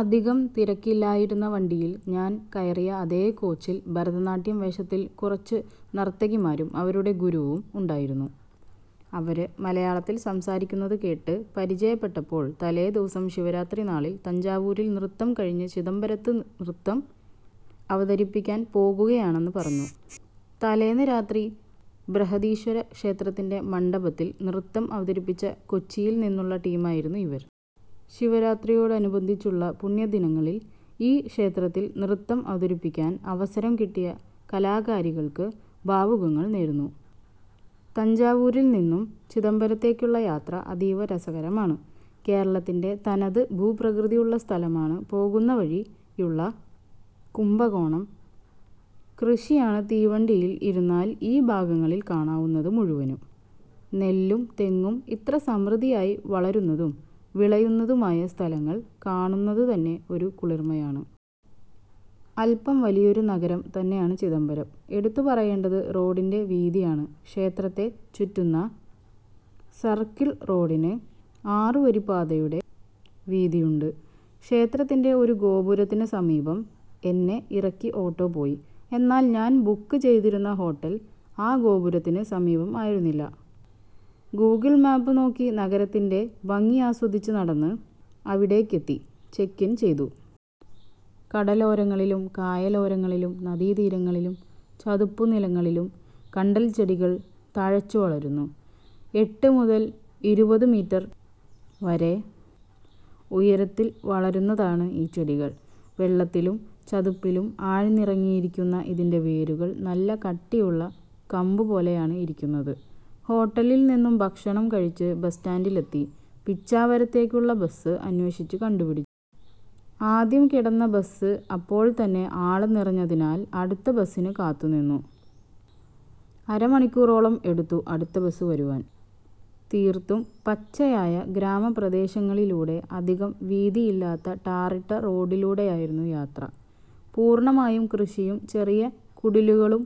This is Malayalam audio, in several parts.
അധികം തിരക്കില്ലാതിരുന്ന വണ്ടിയില് ഞാന് കയറിയ അതേ കോച്ചില് ഭരതനാട്യം വേഷത്തില് കുറച്ച് നര്ത്തകിമാരും അവരുടെ ഗുരുവും ഉണ്ടായിരുന്നു. അവര് മലയാളത്തില് സംസാരിക്കുന്നതു കേട്ട് പരിചയപ്പെട്ടപ്പോള് തലേദിവസം ശിവരാത്രി നാളില് തഞ്ചാവൂരില് നൃത്തം കഴിഞ്ഞ് ചിദംബരത്ത് നൃത്തം അവതരിപ്പിക്കാന് പോകുകയാണെന്ന് പറഞ്ഞു. തലേന്നു രാത്രി ബ്രഹദീശ്വര ക്ഷേത്രത്തിന്റെ മണ്ഡപത്തില് നൃത്തം അവതരിപ്പിച്ച കൊച്ചിയില് നിന്നുള്ള ടീമായിരുന്നു ഇവര്. ശിവരാത്രിയോടനുബന്ധിച്ചുള്ള പുണ്യ ദിനങ്ങളില് ഈ ക്ഷേത്രങ്ങളില് നൃത്തം അവതരിപ്പിക്കാന് അവസരം കിട്ടിയ കലാകാരികള്ക്ക് ഭാവുകങ്ങള് നേര്ന്നു. തഞ്ചാവൂരില് നിന്നും ചിദംബരത്തേക്കുള്ള യാത്ര അതീവ രസകരമാണ്. കേരളത്തിന്റെ തനത് ഭൂപ്രകൃതിയുള്ള സ്ഥലമാണ് പോകുന്ന വഴിയിലുള്ള കുംഭകോണം. കൃഷിയാണ് തീവണ്ടിയില് ഇരുന്നാല് ഈ ഭാഗങ്ങളില് കാണാവുന്നത് മുഴുവനും. നെല്ലും തെങ്ങും ഇത്ര സമൃദ്ധിയായി വളരുന്നതും വിളയുന്നതുമായ സ്ഥലങ്ങള് കാണുന്നതു തന്നെ ഒരു കുളിര്മ്മയാണ്. അല്പം വലിയൊരു നഗരം തന്നെയാണ് ചിദംബരം. എടുത്തുപറയേണ്ടത് റോഡിന്റെ വീതിയാണ്. ക്ഷേത്രത്തെ ചുറ്റുന്ന സര്ക്കിള് റോഡിന് ആറുവരിപ്പാതയുടെ വീതിയുണ്ട്. ക്ഷേത്രത്തിന്റെ ഒരു ഗോപുരത്തിന് സമീപം എന്നെ ഇറക്കി ഓട്ടോ പോയി. എന്നാല് ഞാന് ബുക്ക് ചെയ്തിരുന്ന ഹോട്ടല് ആ ഗോപുരത്തിന് സമീപം ആയിരുന്നില്ല. ഗൂഗിള് മാപ്പ് നോക്കി നഗരത്തിന്റെ ഭംഗിയാസ്വദിച്ച് നടന്ന് അവിടേക്കെത്തി ചെക്കിന് ചെയ്തു. കടലോരങ്ങളിലും കായലോരങ്ങളിലും നദീതീരങ്ങളിലും ചതുപ്പുനിലങ്ങളിലും കണ്ടല്ച്ചെടികള് തഴച്ച് വളരുന്നു. എട്ട് മുതല് ഇരുപത് മീറ്റര് വരെ ഉയരത്തില് വളരുന്നതാണ് ഈ ചെടികള്. വെള്ളത്തിലും ചതുപ്പിലും ആഴ്ന്നിറങ്ങിയിരിക്കുന്ന ഇതിന്റെ വേരുകള് നല്ല കട്ടിയുള്ള കമ്പുപോലെയാണ് ഇരിക്കുന്നത്. ഹോട്ടലില് നിന്നും ഭക്ഷണം കഴിച്ച് ബസ് സ്റ്റാന്റിലെത്തി പിച്ചാവരത്തേക്കുള്ള ബസ് അന്വേഷിച്ച് കണ്ടുപിടിച്ചു. ആദ്യം കിടന്ന ബസ് അപ്പോള്ത്തന്നെ ആള് നിറഞ്ഞതിനാല് അടുത്ത ബസിന് കാത്തുനിന്നു. അര മണിക്കൂറോളം എടുത്തു അടുത്ത ബസ് വരുവാന്. തീര്ത്തും പച്ചയായ ഗ്രാമപ്രദേശങ്ങളിലൂടെ അധികം വീതിയില്ലാത്ത ടാറിട്ട റോഡിലൂടെയായിരുന്നു യാത്ര. പൂര്ണ്ണമായും കൃഷിയും ചെറിയ കുടിലുകളും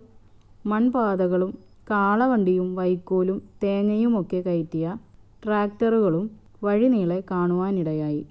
മണ്പാതകളും കാളവണ്ടിയും വൈക്കോലും തേങ്ങയുമൊക്കെ കയറ്റിയ ട്രാക്ടറുകളും വഴിനീളെ കാണുവാനിടയായി.